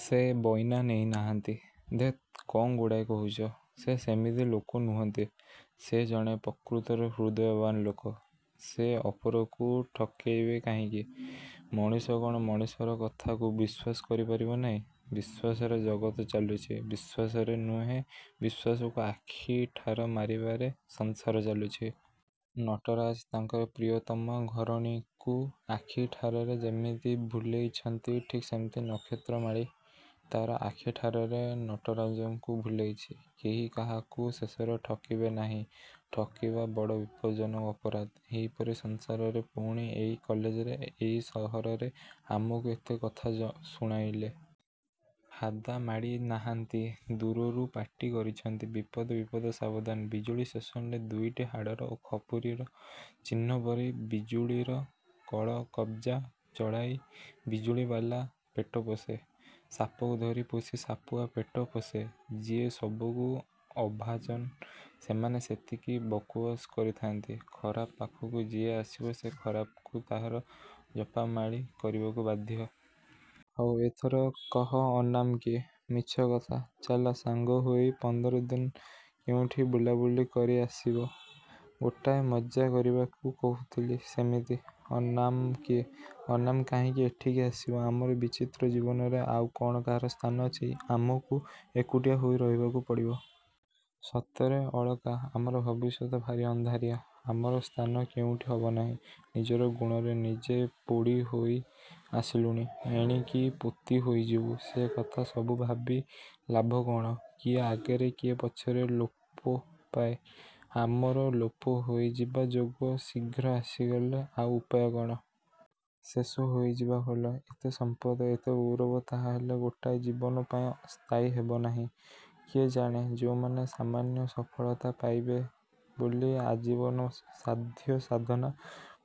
ସେ ବଇନା ନେଇ ନାହାନ୍ତି? -ଧେତ୍, କଣ ଗୁଡ଼ାଏ କହୁଛ? ସେ ସେମିତି ଲୋକ ନୁହନ୍ତି। ସେ ଜଣେ ପ୍ରକୃତରେ ହୃଦୟବାନ୍ ଲୋକ। ସେ ଅପରକୁ ଠକେଇବେ କାହିଁକି? ମଣିଷ କ'ଣ ମଣିଷର କଥାକୁ ବିଶ୍ୱାସ କରି ପାରିବ ନାହିଁ? ବିଶ୍ୱାସରେ ଜଗତ ଚାଲୁଛି। -ବିଶ୍ୱାସରେ ନୁହେଁ ବିଶ୍ୱାସକୁ ଆଖିଠାର ମାରିବାରେ ସଂସାର ଚାଲୁଛି। ନଟରାଜ ତାଙ୍କର ପ୍ରିୟତମା ଘରଣୀକୁ ଆଖିଠାରରେ ଯେମିତି ଭୁଲେଇଛନ୍ତି ଠିକ୍ ସେମିତି ନକ୍ଷତ୍ରମାଳୀ ତା'ର ଆଖିଠାରରେ ନଟରାଜଙ୍କୁ ଭୁଲେଇଛି। କେହି କାହାକୁ ଶେଷରେ ଠକିବେ ନାହିଁ। ଠକିବା ବଡ଼ ବିପଦଜନକ ଅପରାଧ। -ଏଇପରି ସଂସାରରେ ପୁଣି ଏଇ କଲେଜରେ, ଏଇ ସହରରେ ଆମକୁ ଏତେ କଥା ଶୁଣାଇଲେ? -ଫାଦା ମାଡ଼ି ନାହାଁନ୍ତି। ଦୂରରୁ ପାଟି କରିଛନ୍ତି-ବିପଦ-ବିପଦ-ସାବଧାନ। ବିଜୁଳି ଷ୍ଟେସନରେ ଦୁଇଟି ହାଡ଼ର ଓ ଖପୁରୀର ଚିହ୍ନପରି। ବିଜୁଳିର କଳକବ୍ଜା ଚଳାଇ ବିଜୁଳିବାଲା ପେଟ ପୋଷେ। ସାପକୁ ଧରି ପୋଷି ସାପୁଆ ପେଟ ପୋଷେ। ଯିଏ ସବୁକୁ ଅଭାଜନ, ସେମାନେ ସେତିକି ବକୁବସ୍ କରିଥାନ୍ତି। ଖରାପ ପାଖକୁ ଯିଏ ଆସିବ-ସେ ଖରାପକୁ ତାହାର ଜପାମାଳୀ କରିବାକୁ ବାଧ୍ୟ। -ହଉ, ଏଥର କହ ଅନାମ କିଏ? -ମିଛକଥା। ଚାଲ ସାଙ୍ଗହୋଇ ପନ୍ଦରଦିନ କେଉଁଠି ବୁଲାବୁଲି କରି ଆସିବା। ଗୋଟାଏ ମଜ୍ଜା କରିବାକୁ କହୁଥିଲି ସେମିତି, ଅନାମ କିଏ? -ଅନାମ କାହିଁକି ଏଠିକି ଆସିବ? ଆମର ବିଚିତ୍ର ଜୀବନରେ ଆଉ କ'ଣ କାହାର ସ୍ଥାନ ଅଛି? ଆମକୁ ଏକୁଟିଆ ହୋଇ ରହିବାକୁ ପଡ଼ିବ। -ସତରେ ଅଳକା। ଆମର ଭବିଷ୍ୟତ ଭାରି ଅନ୍ଧାରିଆ। ଆମର ସ୍ଥାନ କେଉଁଠି ହବ ନାହିଁ। ନିଜର ଗୁଣରେ ନିଜେ ପୋଡ଼ି ହୋଇ ଆସିଲୁଣି। ଏଣିକି ପୋତି ହୋଇଯିବୁ। -ସେ କଥା ସବୁ ଭାବି ଲାଭ କ'ଣ? କିଏ ଆଗରେ କିଏ ପଛରେ ଲୋପ ପାଏ। ଆମର ଲୋପ ହୋଇଯିବା ଯୋଗ ଶୀଘ୍ର ଆସିଗଲେ ଆଉ ଉପାୟ କ'ଣ? ଶେଷ ହୋଇଯିବା ଭଲ। -ଏତେ ସମ୍ପଦ, ଏତେ ଗୌରବ ତାହାହେଲେ ଗୋଟାଏ ଜୀବନ ପାଇଁ ସ୍ଥାୟୀ ହେବ ନାହିଁ? -କିଏ ଜାଣେ? ଯେଉଁମାନେ ସାମାନ୍ୟ ସଫଳତା ପାଇବେ ବୋଲି ଆଜୀବନ ସାଧ୍ୟ ସାଧନା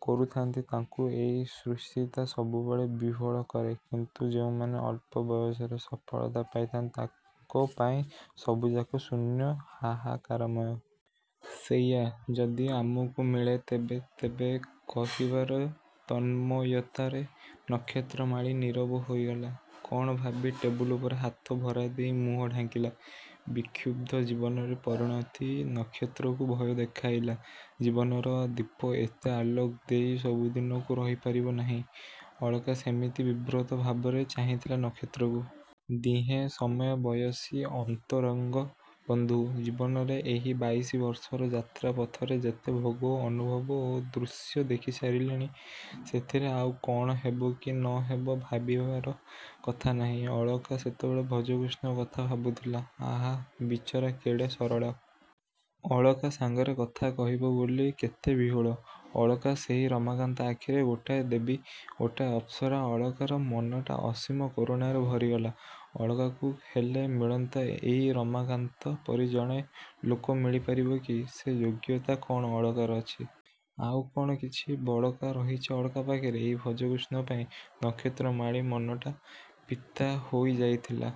କରୁଥାନ୍ତି ତାଙ୍କୁ ଏଇ ସୃଷ୍ଟିଟା ସବୁବେଳେ ବିହ୍ୱଳ କରେ। କିନ୍ତୁ ଯେଉଁମାନେ ଅଳ୍ପ ବୟସରେ ସଫଳତା ପାଇଥାନ୍ତି ତାଙ୍କ ପାଇଁ ସବୁଯାକ ଶୂନ୍ୟ-ହାହାକାରମୟ। ସେଇଆ ଯଦି ଆମକୁ ମିଳେ, ତେବେ-ତେବେ କହିବାର ତନ୍ମୟତାରେ ନକ୍ଷତ୍ରମାଳୀ ନୀରବ ହୋଇଗଲା। କ'ଣ ଭାବି ଟେବୁଲ ଉପରେ ହାତ ଭରାଦେଇ ମୁହଁ ଢାଙ୍କିଲା। ବିକ୍ଷୁବ୍ଧ ଜୀବନରେ ପରିଣତି ନକ୍ଷତ୍ରକୁ ଭୟ ଦେଖାଇଲା। ଜୀବନର ଦୀପ ଏତେ ଆଲୋକ ଦେଇ ସବୁଦିନକୁ ରହିପାରିବ ନାହିଁ। ଅଳକା ସେମିତି ବିବ୍ରତ ଭାବରେ ଚାହିଁଥିଲା ନକ୍ଷତ୍ରକୁ। ଦିହେଁ ସମବୟସୀ-ଅନ୍ତରଙ୍ଗ ବନ୍ଧୁ। ଜୀବନରେ ଏହି ବାଇଶି ବର୍ଷର ଯାତ୍ରା ପଥରେ ଯେତେ ଭୋଗ, ଅନୁଭବ ଓ ଦୃଶ୍ୟ ଦେଖିସାରିଲେଣି ସେଥିରେ ଆଉ କ'ଣ ହେବ କି ନ ହେବ ଭାବିବାର କଥା ନାହିଁ। ଅଳକା ସେତେବେଳେ ଭଜକୃଷ୍ଣ କଥା ଭାବୁଥିଲା-ଆହା, ବିଚରା କେଡ଼େ ସରଳ? ଅଳକା ସାଙ୍ଗରେ କଥା କହିବ ବୋଲି କେତେ ବିହ୍ୱଳ? ଅଳକା ସେହି ରମାକାନ୍ତ ଆଖିରେ ଗୋଟାଏ ଦେବୀ-ଗୋଟାଏ ଅପ୍ସରା। ଅଳକାର ମନଟା ଅସୀମ କରୁଣାରେ ଭରିଗଲା। ଅଳକାକୁ ହେଲେ ମିଳନ୍ତା ଏଇ ରମାକାନ୍ତ ପରି ଜଣେ ଲୋକ ମିଳିପାରିବ କି? ସେ ଯୋଗ୍ୟତା କ'ଣ ଅଳକାର ଅଛି? -ଆଉ କ'ଣ କିଛି ବଳକା ରହିଛି ଅଳକା ପାଖରେ? -ଏଇ ଭଜକୃଷ୍ଣ ପାଇଁ? ନକ୍ଷତ୍ରମାଳୀ ମନଟା ପିତା ହୋଇ ଯାଇଥିଲା।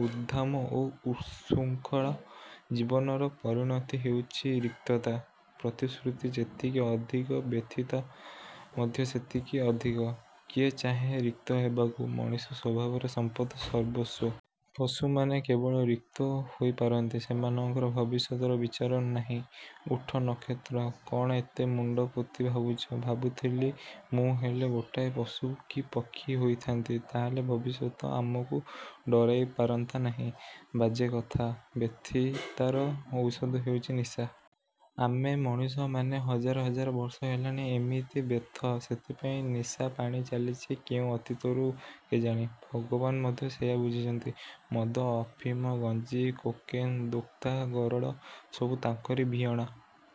ଉଦ୍ଦାମ ଓ ଉତ୍ସୃଙ୍ଖଳ ଜୀବନର ପରିଣତି ହେଉଛି ରିକ୍ତତା। ପ୍ରତିଶ୍ରୁତି ଯେତିକି ଅଧିକ-ବ୍ୟର୍ଥତା ମଧ୍ୟ ସେତିକି ଅଧିକ। କିଏ ଚାହେଁ ରିକ୍ତ ହେବାକୁ? ମଣିଷ ସ୍ୱଭାବରେ ସମ୍ପଦ-ସର୍ବସ୍ୱ। ପଶୁମାନେ କେବଳ ରିକ୍ତ ହୋଇ ପାରନ୍ତି। ସେମାନଙ୍କର ଭବିଷ୍ୟତର ବିଚାର ନାହିଁ। -ଉଠ, ନକ୍ଷତ୍ର। କ'ଣ ଏତେ ମୁଣ୍ଡପୋତି ଭାବୁଛ? -ଭାବୁଥିଲି ମୁଁ ହେଲେ ଗୋଟାଏ ପଶୁ କି ପକ୍ଷୀ ହୋଇଥା'ନ୍ତି। ତାହାହେଲେ ଭବିଷ୍ୟତ ଆମକୁ ଡରାଇ ପାରନ୍ତା ନାହିଁ। -ବାଜେ କଥା। ବ୍ୟର୍ଥତାର ଔଷଧ ହେଉଛି ନିଶା। ଆମେ ମଣିଷମାନେ ହଜାର ହଜାର ବର୍ଷ ହେଲାଣି ଏମିତି ବ୍ୟର୍ଥ। ସେଥିପାଇଁ ନିଶାପାଣି ଚାଲିଛି କେଉଁ ଅତୀତରୁ କେଜାଣି। ଭଗବାନ ମଧ୍ୟ ସେଇଆ ବୁଝିଛନ୍ତି। ମଦ, ଅଫିମ, ଗଞ୍ଜେଇ, କୋକେନ୍, ଦୋକ୍ତା, ଗରଳ-ସବୁ ତାଙ୍କରି ଭିଆଣ।